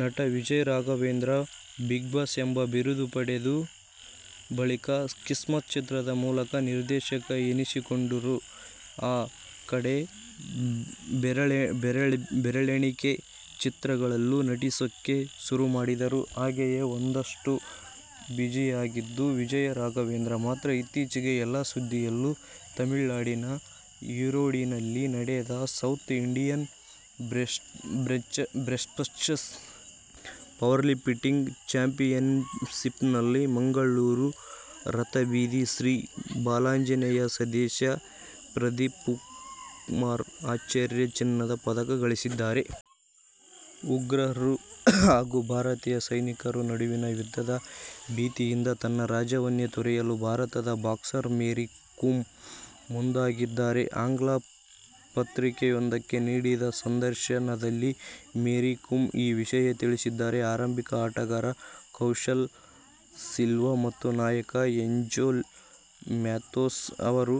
ನಟ ವಿಜಯರಾಘವೇಂದ್ರ "ಬಿಗ್ಬಾಸ್' ಎಂಬ ಬಿರುದು ಪಡೆದ ಬಳಿಕ "ಕಿಸ್ಮತ್' ಚಿತ್ರದ ಮೂಲಕ ನಿರ್ದೇಶಕ ಎನಿಸಿಕೊಂಡರು. ಆ ಕಡೆ ಬೆರಳೆಣಿಕೆ ಚಿತ್ರಗಳಲ್ಲೂ ನಟಿಸೋಕೆ ಶುರುಮಾಡಿದರು. ಹಾಗೇ ಒಂದಷ್ಟು ಬಿಜಿಯಾಗಿದ್ದ ವಿಜಯರಾಘವೇಂದ್ರ ಮಾತ್ರ ಇತ್ತೀಚೆಗೆ ಎಲ್ಲೂ ಸುದ್ದಿಯಾಗಿಲ್ಲ. ತಮಿಳುನಾಡಿನ ಈರೋಡಿನಲ್ಲಿ ನಡೆದ ಸೌತ್ ಇಂಡಿಯನ್ ಬೆಂಚ್ಪ್ರಸ್ ಪವರ್ಲಿಫ್ಟಿಂಗ್ ಚಾಂಪಿಯನ್ಶಿಪ್ನಲ್ಲಿ ಮಂಗಳೂರು ರಥಬೀದಿ ಶ್ರೀ ಬಾಲಾಂಜನೇಯ ಸದಸ್ಯ ಪ್ರದೀಪ್ಕುಮಾರ್ ಆಚಾರ್ಯ ಚಿನ್ನದ ಪದಕ ಗಳಿಸಿದ್ದಾರೆ. ಉಗ್ರರು ಹಾಗೂ ಭಾರತೀಯ ಸೈನಿಕರ ನಡುವಿನ ಯುದ್ಧದ ಭೀತಿಯಿಂದ ತನ್ನ ರಾಜ್ಯವನ್ನೇ ತೊರೆಯಲು ಭಾರತದ ಬಾಕ್ಸರ್ ಮೇರಿ ಕೋಮ್ ಮುಂದಾಗಿದ್ದಾರೆ. ಆಂಗ್ಲ ಪತ್ರಿಕೆಯೊಂದಕ್ಕೆ ನೀಡಿದ ಸಂದರ್ಶನದಲ್ಲಿ ಮೇರಿ ಕೋಮ್ ಈ ವಿಷಯ ತಿಳಿಸಿದ್ದಾರೆ. ಆರಂಭಿಕ ಆಟಗಾರ ಕೌಶಲ್ ಸಿಲ್ವ ಮತ್ತು ನಾಯಕ ಏಂಜೆಲೊ ಮ್ಯಾಥ್ಯೂಸ್ ಅವರ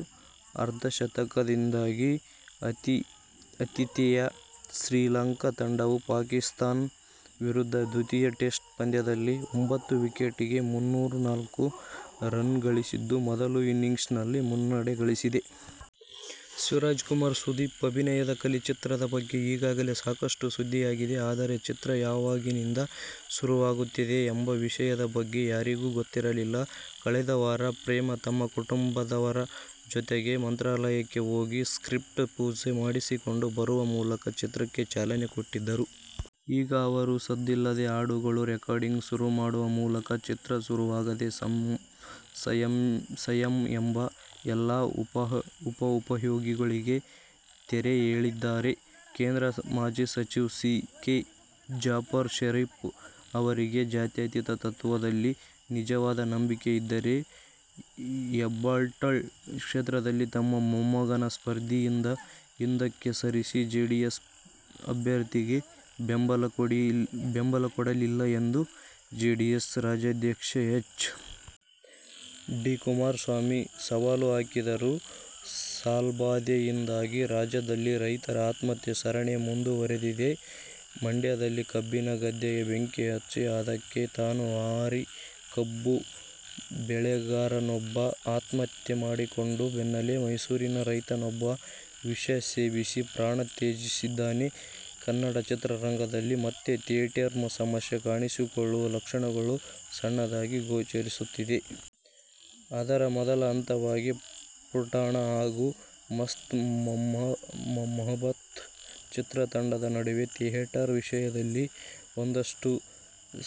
ಅರ್ಧಶತಕದಿಂದಾಗಿ ಆತಿಥೇಯ ಶ್ರೀಲಂಕಾ ತಂಡವು ಪಾಕಿಸ್ಥಾನ ವಿರುದ್ಧದ ದ್ವಿತೀಯ ಟೆಸ್ಟ್ ಪಂದ್ಯದಲ್ಲಿ ಒಂಬತ್ತು ವಿಕೆಟಿಗೆ ಮುನ್ನೂರ ನಾಲ್ಕು ರನ್ ಗಳಿಸಿದ್ದು ಮೊದಲ ಇನ್ನಿಂಗ್ಸ್ ನಲ್ಲಿ ಮುನ್ನಡೆ ಗಳಿಸಿದೆ. ಶಿವರಾಜಕುಮಾರ್-ಸುದೀಪ್ ಅಭಿನಯದ "ಕಲಿ' ಚಿತ್ರದ ಬಗ್ಗೆ ಈಗಾಗಲೇ ಸಾಕಷ್ಟು ಸುದ್ದಿಯಾಗಿದೆ. ಆದರೆ, ಚಿತ್ರ ಯಾವಾಗಿನಿಂದ ಶುರುವಾಗುತ್ತದೆ ಎಂಬ ವಿಷಯದ ಬಗ್ಗೆ ಯಾರಿಗೂ ಗೊತ್ತಿರಲಿಲ್ಲ. ಕಳೆದ ವಾರ ಪ್ರೇಮ್ ತಮ್ಮ ಕುಟುಂಬದವರ ಜೊತೆಗೆ ಮಂತ್ರಾಲಯಕ್ಕೆ ಹೋಗಿ ಸ್ಕ್ರಿಪ್ಟ್ ಪೂಜೆ ಮಾಡಿಸಿಕೊಂಡು ಬರುವ ಮೂಲಕ ಚಿತ್ರಕ್ಕೆ ಚಾಲನೆ ಕೊಟ್ಟಿದ್ದರು. ಈಗ ಅವರು ಸದ್ದಿಲ್ಲದೆ ಹಾಡುಗಳ ರೆಕಾರ್ಡಿಂಗ್ ಶುರು ಮಾಡುವ ಮೂಲಕ, ಚಿತ್ರ ಶುರುವಾಗುವುದೇ ಸಂಶಯ ಎಂಬ ಎಲ್ಲಾ ಊಹಾಪೋಹಗಳಿಗೆ ತೆರೆ ಎಳೆದಿದ್ದಾರೆ. ಕೇಂದ್ರ ಮಾಜಿ ಸಚಿವ ಸಿ. ಕೆ. ಜಾಫರ್ ಷರೀಫ್ ಅವರಿಗೆ ಜಾತ್ಯತೀತ ತತ್ವದಲ್ಲಿ ನಿಜವಾದ ನಂಬಿಕೆ ಇದ್ದರೆ ಹೆಬ್ಟಾಳ ಕ್ಷೇತ್ರದಲ್ಲಿ ತಮ್ಮ ಮೊಮ್ಮಗನನ್ನು ಸ್ಪರ್ಧೆಯಿಂದ ಹಿಂದಕ್ಕೆ ಸರಿಸಿ ಜೆಡಿಎಸ್ ಅಭ್ಯರ್ಥಿಗೆ ಬೆಂಬಲಕೊಡಲಿ ಎಂದು ಜೆಡಿಎಸ್ ರಾಜ್ಯಾಧ್ಯಕ್ಷ ಎಚ್. ಡಿ. ಕುಮಾರಸ್ವಾಮಿ ಸವಾಲು ಹಾಕಿದರು. ಸಾಲಬಾಧೆಯಿಂದಾಗಿ ರಾಜ್ಯದಲ್ಲಿ ರೈತರ ಆತ್ಮಹತ್ಯೆ ಸರಣಿ ಮುಂದುವರೆದಿದೆ. ಮಂಡ್ಯದಲ್ಲಿ ಕಬ್ಬಿನ ಗದ್ದೆಗೆ ಬೆಂಕಿ ಹಚ್ಚಿ, ಅದಕ್ಕೆ ತಾನು ಹಾರಿ ಕಬ್ಬು ಬೆಳೆಗಾರನೊಬ್ಬ ಆತ್ಮಹತ್ಯೆ ಮಾಡಿಕೊಂಡ ಬೆನ್ನಲ್ಲೇ ಮೈಸೂರಿನ ರೈತನೊಬ್ಬ ವಿಷ ಸೇವಿಸಿ ಪ್ರಾಣ ತ್ಯಜಿಸಿದ್ದಾನೆ. ಕನ್ನಡ ಚಿತ್ರರಂಗದಲ್ಲಿ ಮತ್ತೆ ಥಿಯೇಟರ್ ಸಮಸ್ಯೆ ಕಾಣಿಸಿಕೊಳ್ಳುವ ಲಕ್ಷಣಗಳು ಸಣ್ಣದಾಗಿ ಗೋಚರಿಸುತ್ತಿದೆ. ಅದರ ಮೊದಲ ಹಂತವಾಗಿ "ಪುಟ್ಟಣ್ಣ' ಹಾಗೂ "ಮಸ್ತ್ ಮೊಹಬ್ಬತ್' ಚಿತ್ರತಂಡದ ನಡುವೆ ಥಿಯೇಟರ್ ವಿಷಯದಲ್ಲಿ ಒಂದಷ್ಟು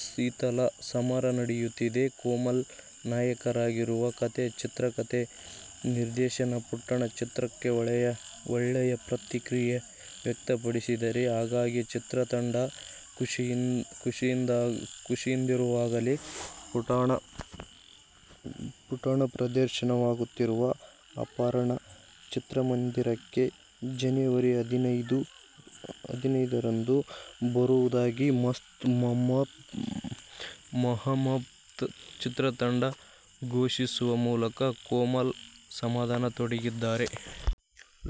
ಶೀತಲ ಸಮರ ನಡೆಯುತ್ತಿದೆ. ಕೋಮಲ್ ನಾಯಕರಾಗಿರುವ "ಕಥೆ-ಚಿತ್ರಕಥೆ-ನಿರ್ದೇಶನ ''ಪುಟ್ಟಣ್ಣ' ಚಿತ್ರಕ್ಕೆ ಒಳ್ಳೆಯ ಪ್ರತಿಕ್ರಿಯೆ ವ್ಯಕ್ತವಾಗುತ್ತಿದೆ. ಹಾಗಾಗಿ, ಚಿತ್ರತಂಡ ಖುಷಿಯಿಂದಿರುವಾಗಲೇ "ಪುಟ್ಟಣ್ಣ' ಪ್ರದರ್ಶನವಾಗುತ್ತಿರುವ ಅಪರ್ಣಾ ಚಿತ್ರಮಂದಿರಕ್ಕೆ ಜನವರಿ ಹದಿನೈದ ರಂದು ಬರುವುದಾಗಿ "ಮಸ್ತ್ ಮೊಹಬ್ಬತ್' ಚಿತ್ರತಂಡ ಘೋಷಿಸುವ ಮೂಲಕ ಕೋಮಲ್ ಸಮಾಧಾನಗೊಂಡಿದ್ದಾರೆ.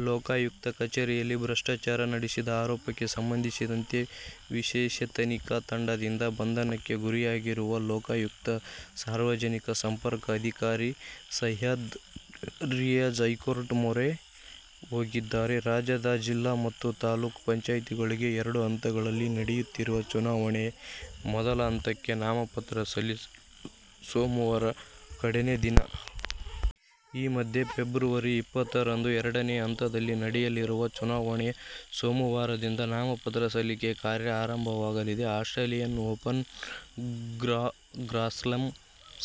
ಲೋಕಾಯುಕ್ತ ಕಚೇರಿಯಲ್ಲಿ ಭ್ರಷ್ಟಾಚಾರ ನಡೆಸಿದ ಆರೋಪಕ್ಕೆ ಸಂಬಂಧಿಸಿದಂತೆ ವಿಶೇಷ ತನಿಖಾ ತಂಡದಿಂದ ಬಂಧನಕ್ಕೆ ಗುರಿಯಾಗಿರುವ ಲೋಕಾಯುಕ್ತ ಸಾರ್ವಜನಿಕ ಸಂಪರ್ಕ ಅಧಿಕಾರಿ ಸಯ್ಯದ್ ರಿಯಾಜ್ ಹೈಕೋರ್ಟ್ ಮೊರೆ ಹೋಗಿದ್ದಾರೆ. ರಾಜ್ಯದ ಜಿಲ್ಲಾ ಮತ್ತು ತಾಲೂಕು ಪಂಚಾಯ್ತಿಗಳಿಗೆ ಎರಡು ಹಂತಗಳಲ್ಲಿ ನಡೆಯುತ್ತಿರುವ ಚುನಾವಣೆಯ ಮೊದಲ ಹಂತಕ್ಕೆ ನಾಮಪತ್ರ ಸಲ್ಲಿಸಲು ಸೋಮವಾರ ಕಡೆಯ ದಿನ. ಈ ಮಧ್ಯೆ ಫೆಬ್ರವರಿ ಇಪ್ಪತ್ತರಂದು ಎರಡನೇ ಹಂತದಲ್ಲಿ ನಡೆಯಲಿರುವ ಚುನಾವಣೆಗೆ ಸೋಮವಾರದಿಂದ ನಾಮಪತ್ರ ಸಲ್ಲಿಕೆ ಕಾರ್ಯ ಆರಂಭವಾಗಲಿದೆ. ಆಸ್ಟ್ರೇಲಿಯನ್ ಓಪನ್ ಗ್ರಾನ್ಸ್ಲಾಮ್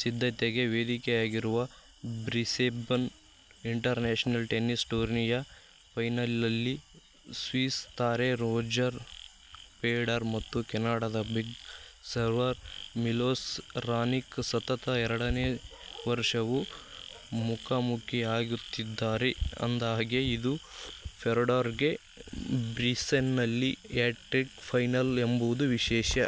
ಸಿದ್ಧತೆಗೆ ವೇದಿಕೆಯಾಗಿರುವ "ಬ್ರಿಸ್ಬೇನ್ ಇಂಟರ್ನ್ಯಾಶನಲ್ ಟೆನ್ನಿಸ್ ಟೂರ್ನಿ'ಯ ಫೈನಲ್ನಲ್ಲಿ ಸ್ವಿಸ್ ತಾರೆ ರೋಜರ್ ಫೆಡರರ್ ಮತ್ತು ಕೆನಡಾದ "ಬಿಗ್ ಸರ್ವರ್' ಮಿಲೋಸ್ ರಾನಿಕ್ ಸತತ ಎರಡನೇ ವರ್ಷವೂ ಮುಖಾಮುಖೀಯಾಗುತ್ತಿದ್ದಾರೆ. ಅಂದಹಾಗೆ ಇದು ಫೆಡರರ್ಗೆ ಬ್ರಿಸ್ಬೇನ್ನಲ್ಲಿ ಹ್ಯಾಟ್ರಿಕ್ ಫೈನಲ್ ಎಂಬುದು ವಿಶೇಷ.